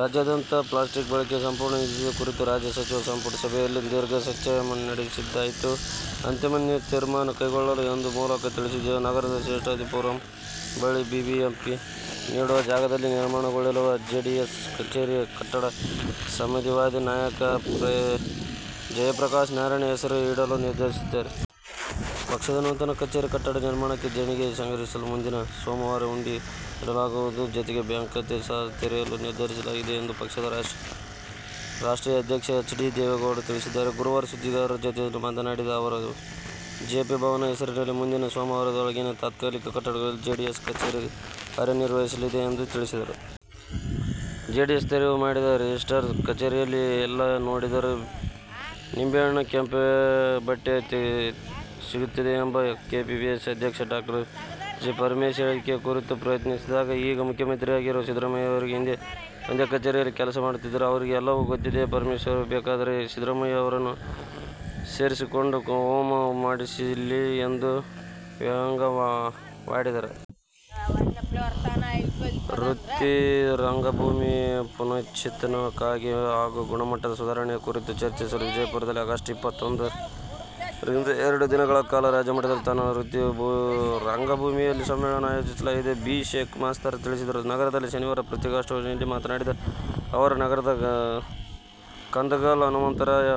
ರಾಜ್ಯಾದ್ಯಂತ ಪ್ಲಾಸ್ಟಿಕ್ ಬಳಕೆ ಸಂಪೂರ್ಣ ನಿಷೇಧಿಸುವ ಕುರಿತು ರಾಜ್ಯ ಸಚಿವ ಸಂಪುಟ ಸಭೆಯಲ್ಲಿ ಸುದೀರ್ಘ ಚರ್ಚೆ ನಡೆಯಿತಾದರೂ ಅಂತಿಮ ತೀರ್ಮಾನ ಕೈಗೊಳ್ಳಲಿಲ್ಲ ಎಂದು ಮೂಲಗಳು ತಿಳಿಸಿವೆ. ನಗರದ ಶೇಷಾದ್ರಿಪುರಂ ಬಳಿ ಬಿಬಿಎಂಪಿ ನೀಡಿರುವ ಜಾಗದಲ್ಲಿ ನಿರ್ಮಾಣಗೊಳ್ಳಲಿರುವ ಜೆಡಿಎಸ್ ಕಚೇರಿ ಕಟ್ಟಡಕ್ಕೆ ಸಮಾಜವಾದಿ ನಾಯಕ ಜಯಪ್ರಕಾಶ್ ನಾರಾಯಣ್ ಹೆಸರು ಇಡಲು ನಿರ್ಧರಿಸಲಾಗಿದೆ. ಪಕ್ಷದ ನೂತನ ಕಚೇರಿ ಕಟ್ಟಡ ನಿರ್ಮಾಣಕ್ಕೆ ದೇಣಿಗೆ ಸಂಗ್ರಹಿಸಲು ಮುಂದಿನ ಸೋಮವಾರ ಹುಂಡಿ ಇಡಲಾಗುವುದು. ಜತೆಗೆ ಬ್ಯಾಂಕ್ ಖಾತೆ ಸಹ ತೆರೆಯಲು ನಿರ್ಧರಿಸಲಾಗಿದೆ ಎಂದು ಪಕ್ಷದ ರಾಷ್ಟ್ರೀಯ ಅಧ್ಯಕ್ಷ ಎಚ್. ಡಿ. ದೇವೇಗೌಡ ತಿಳಿಸಿದ್ದಾರೆ. ಗುರುವಾರ ಸುದ್ದಿಗಾರರ ಜತೆ ಮಾತನಾಡಿದ ಅವರು, ಜೆಪಿ ಭವನ ಹೆಸರಿನಲ್ಲಿ ಮುಂದಿನ ಸೋಮವಾರದೊಳಗೆ ತಾತ್ಕಾಲಿಕ ಕಟ್ಟಡದಲ್ಲಿ ಜೆಡಿಎಸ್ ಕಚೇರಿ ಕಾರ್ಯನಿರ್ವಹಿಸಲಿದೆ ಎಂದು ತಿಳಿಸಿದರು. ಜೆಡಿಎಸ್ ತೆರವು ಮಾಡಿದ ರೇಸ್ಕೋರ್ಸ್ ಕಚೇರಿಯಲ್ಲಿ ಎಲ್ಲಿ ನೋಡಿದರೂ ನಿಂಬೆಹಣ್ಣು, ಕೆಂಪುಬಟ್ಟೆ ಸಿಗುತ್ತಿದೆ ಎಂಬ ಕೆಪಿಸಿಸಿ ಅಧ್ಯಕ್ಷ ಡಾ ಜಿ. ಪರಮೇಶ್ವರ್ ಹೇಳಿಕೆ ಕುರಿತು ಪ್ರಶ್ನಿಸಿದಾಗ, ಈಗ ಮುಖ್ಯಮಂತ್ರಿಯಾಗಿರುವ ಸಿದ್ದರಾಮಯ್ಯ ಅವರೂ ಹಿಂದೆ ಅದೇ ಕಚೇರಿಯಲ್ಲಿ ಕೆಲಸ ಮಾಡಿದವರು. ಅವರಿಗೆ ಎಲ್ಲವೂ ಗೊತ್ತಿದೆ. ಪರಮೇಶ್ವರ್ ಬೇಕಾದರೆ ಸಿದ್ದರಾಮಯ್ಯ ಅವರನ್ನೂ ಸೇರಿಸಿಕೊಂಡು ಹೋಮ ಮಾಡಿಸಲಿ ಎಂದು ವ್ಯಂಗ್ಯವಾಡಿದರು. ವೃತ್ತಿ ರಂಗಭೂಮಿ ಪುನಶ್ಚೇತನಕ್ಕಾಗಿ ಹಾಗೂ ಗುಣಮಟ್ಟ ಸುಧಾರಣೆ ಕುರಿತು ಚರ್ಚಿಸಲು ವಿಜಯಪುರದಲ್ಲಿ ಆಗಸ್ಟ್ ಇಪ್ಪತ್ತೊಂಬತ್ತ ರಿಂದ ಎರಡು ದಿನಗಳ ಕಾಲ ರಾಜ್ಯಮಟ್ಟದ ಕನ್ನಡ ವೃತ್ತಿ ರಂಗಭೂಮಿಯ ಸಮ್ಮೇಳನ ಆಯೋಜಿಸಲಾಗಿದೆ. ಬಿ. ಶೇಖ್ ಮಾಸ್ತರ ತಿಳಿಸಿದರು. ನಗರದಲ್ಲಿ ಶನಿವಾರ ಪತ್ರಿಕಾಗೋಷ್ಠಿಯಲ್ಲಿ ಮಾತನಾಡಿದ ಅವರು, ನಗರದ ಕಂದಗಲ್ ಹನುಮಂತರಾಯ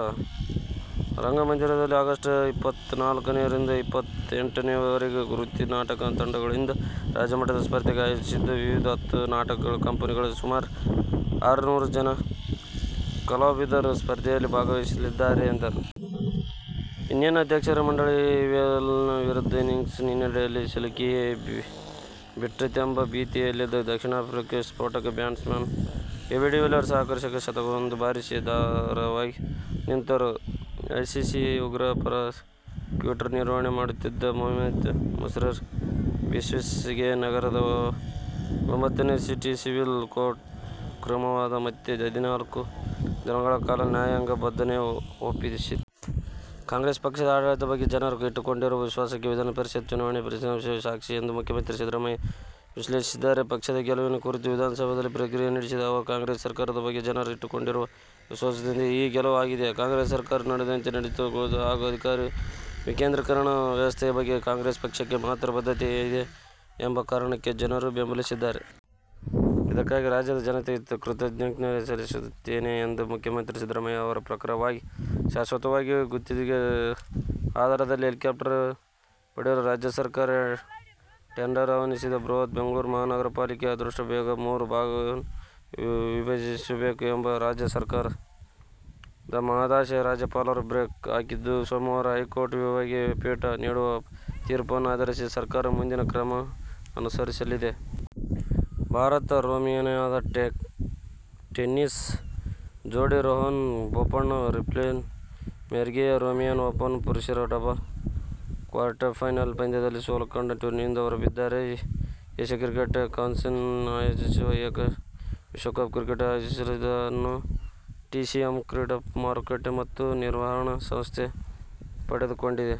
ರಂಗಮಂದಿರದಲ್ಲಿ ಆಗಸ್ಟ್ ಇಪ್ಪತ್ತನಾಲ್ಕ ರಿಂದ ಇಪ್ಪತ್ತೆಂಟು ರವರೆಗೆ ವೃತ್ತಿ ನಾಟಕ ತಂಡಗಳಿಂದ ರಾಜ್ಯಮಟ್ಟದ ಸ್ಪರ್ಧೆ ಆಯೋಜಿಸಿದ್ದು, ವಿವಿಧ ಹತ್ತು ನಾಟಕ ಕಂಪನಿಗಳ ಸುಮಾರು ಆರುನ್ನೂರು ಜನ ಕಲಾವಿದರು ಸ್ಪರ್ಧೆಯಲ್ಲಿ ಭಾಗವಹಿಸಲಿದ್ದಾರೆ ಎಂದರು. ಇನ್ನೇನು ಅಧ್ಯಕ್ಷರ ಮಂಡಳಿ ಇಲೆವೆನ್ ವಿರುದ್ಧ ಇನ್ನಿಂಗ್ಸ್ ಹಿನ್ನಡೆಗೆ ಸಿಲುಕಿಯೇ ಬಿಟ್ಟಿತೆಂಬ ಭೀತಿಯಲ್ಲಿದ್ದ ದಕ್ಷಿಣ ಆಫ್ರಿಕಾಕ್ಕೆ ಸ್ಫೋಟಕ ಬ್ಯಾಟ್ಸ್ಮನ್ ಎಬಿ ಡಿ ವಿಲಿಯರ್ ಆಕರ್ಷಕ ಶತಕವೊಂದನ್ನು ಬಾರಿಸಿ ಆಧಾರವಾಗಿ ನಿಂತರು. ಐಸಿಸ್ ಉಗ್ರರ ಪರ ಟ್ವೀಟರ್ ನಿರ್ವಹಣೆ ಮಾಡುತ್ತಿದ್ದ ಮೆಹದಿ ಮಸ್ರೂರ್ ಬಿಸ್ವಾಸ್ ಗೆ ನಗರದ ಒಂಬ್ಬತ್ತನೇ ಸಿಟಿ ಸಿವಿಲ್ ಕೋರ್ಟ್ ಶುಕ್ರವಾರ ಮತ್ತೆ ಹದಿನಾಲ್ಕು ದಿನಗಳ ಕಾಲ ನ್ಯಾಯಾಂಗ ಬಂಧನಕ್ಕೆ ಒಪ್ಪಿಸಿದೆ. ಕಾಂಗ್ರೆಸ್ ಪಕ್ಷದ ಆಡಳಿತದ ಬಗ್ಗೆ ಜನರು ಇಟ್ಟುಕೊಂಡಿರುವ ವಿಶ್ವಾಸಕ್ಕೆ ವಿಧಾನಪರಿಷತ್ ಚುನಾವಣೆ ಫಲಿತಾಂಶವೇ ಸಾಕ್ಷಿ ಎಂದು ಮುಖ್ಯಮಂತ್ರಿ ಸಿದ್ದರಾಮಯ್ಯ ವಿಶ್ಲೇಷಿಸಿದ್ದಾರೆ. ಪಕ್ಷದ ಗೆಲುವಿನ ಕುರಿತು ವಿಧಾನಸೌಧದಲ್ಲಿ ಪ್ರತಿಕ್ರಿಯೆ ನೀಡಿದ ಅವರು, ಕಾಂಗ್ರೆಸ್ ಸರ್ಕಾರದ ಬಗ್ಗೆ ಜನರು ಇಟ್ಟುಕೊಂಡಿರುವ ವಿಶ್ವಾಸದಿಂದಾಗಿ ಈ ಗೆಲುವು ಆಗಿದೆ. ಕಾಂಗ್ರೆಸ್ ಸರ್ಕಾರ ನುಡಿದಂತೆ ನಡೆದುಕೊಳ್ಳುತ್ತಿದೆ ಹಾಗೂ ಅಧಿಕಾರ ವಿಕೇಂದ್ರೀಕರಣ ವ್ಯವಸ್ಥೆ ಬಗ್ಗೆ ಕಾಂಗ್ರೆಸ್ ಪಕ್ಷಕ್ಕೆ ಮಾತ್ರ ಬದ್ಧತೆ ಇದೆ ಎಂಬ ಕಾರಣಕ್ಕೆ ಜನರು ಬೆಂಬಲಿಸಿದ್ದಾರೆ. ಇದಕ್ಕಾಗಿ ರಾಜ್ಯದ ಜನತೆಗೆ ಕೃತಜ್ಞತೆ ಸಲ್ಲಿಸುತ್ತೇನೆ ಎಂದರು. ಮುಖ್ಯಮಂತ್ರಿ ಸಿದ್ದರಾಮಯ್ಯ ಅವರ ಪ್ರವಾಸಕ್ಕಾಗಿ ಶಾಶ್ವತವಾಗಿ ಗುತ್ತಿಗೆ ಆಧಾರದಲ್ಲಿ ಹೆಲಿಕಾಪ್ಟರ್ ಪಡೆಯಲು ರಾಜ್ಯ ಸರ್ಕಾರ ಟೆಂಡರ್ ಆಹ್ವಾನಿಸಿದೆ. ಬೃಹತ್ ಬೆಂಗಳೂರು ಮಹಾನಗರ ಪಾಲಿಕೆಯನ್ನು ಆದಷ್ಟು ಬೇಗ ಮೂರು ಭಾಗವಾಗಿ ವಿಭಜಿಸಬೇಕು ಎಂಬ ರಾಜ್ಯ ಸರ್ಕಾರದ ಮಹದಾಸೆಗೆ ರಾಜ್ಯಪಾಲರು ಬ್ರೇಕ್ ಹಾಕಿದ್ದು, ಸೋಮವಾರ ಹೈಕೋರ್ಟ್ ವಿಭಾಗೀಯ ಪೀಠ ನೀಡುವ ತೀರ್ಪನ್ನು ಆಧರಿಸಿ ಸರ್ಕಾರ ಮುಂದಿನ ಕ್ರಮ ಅನುಸರಿಸಲಿದೆ. ಭಾರತ-ರೊಮೇನಿಯಾದ ಟೆನ್ನಿಸ್ ಜೋಡಿ Rohan Bopanna Florin Mergea Romania Open ಪುರುಷರ ಡಬಲ್ಸ್ ಕ್ವಾರ್ಟರ್ಫೈನಲ್ ಪಂದ್ಯದಲ್ಲಿ ಸೋಲು ಕಂಡು ಟೂರ್ನಿಯಿಂದ ಹೊರಬಿದ್ದಿದ್ದಾರೆ. ಏಶ್ಯ ಕ್ರಿಕೆಟ್ ಕೌನ್ಸಿಲ್ ಆಯೋಜಿಸುವ ಏಶ್ಯ ಕಪ್ ಕ್ರಿಕೆಟ್ ಪ್ರಾಯೋಜಕತ್ವದ ಹಕ್ಕನ್ನು ಟಿಸಿಎಂ ಕ್ರೀಡಾ ಮಾರುಕಟ್ಟೆ ಮತ್ತು ನಿರ್ವಹಣಾ ಸಂಸ್ಥೆ ಪಡೆದುಕೊಂಡಿದೆ.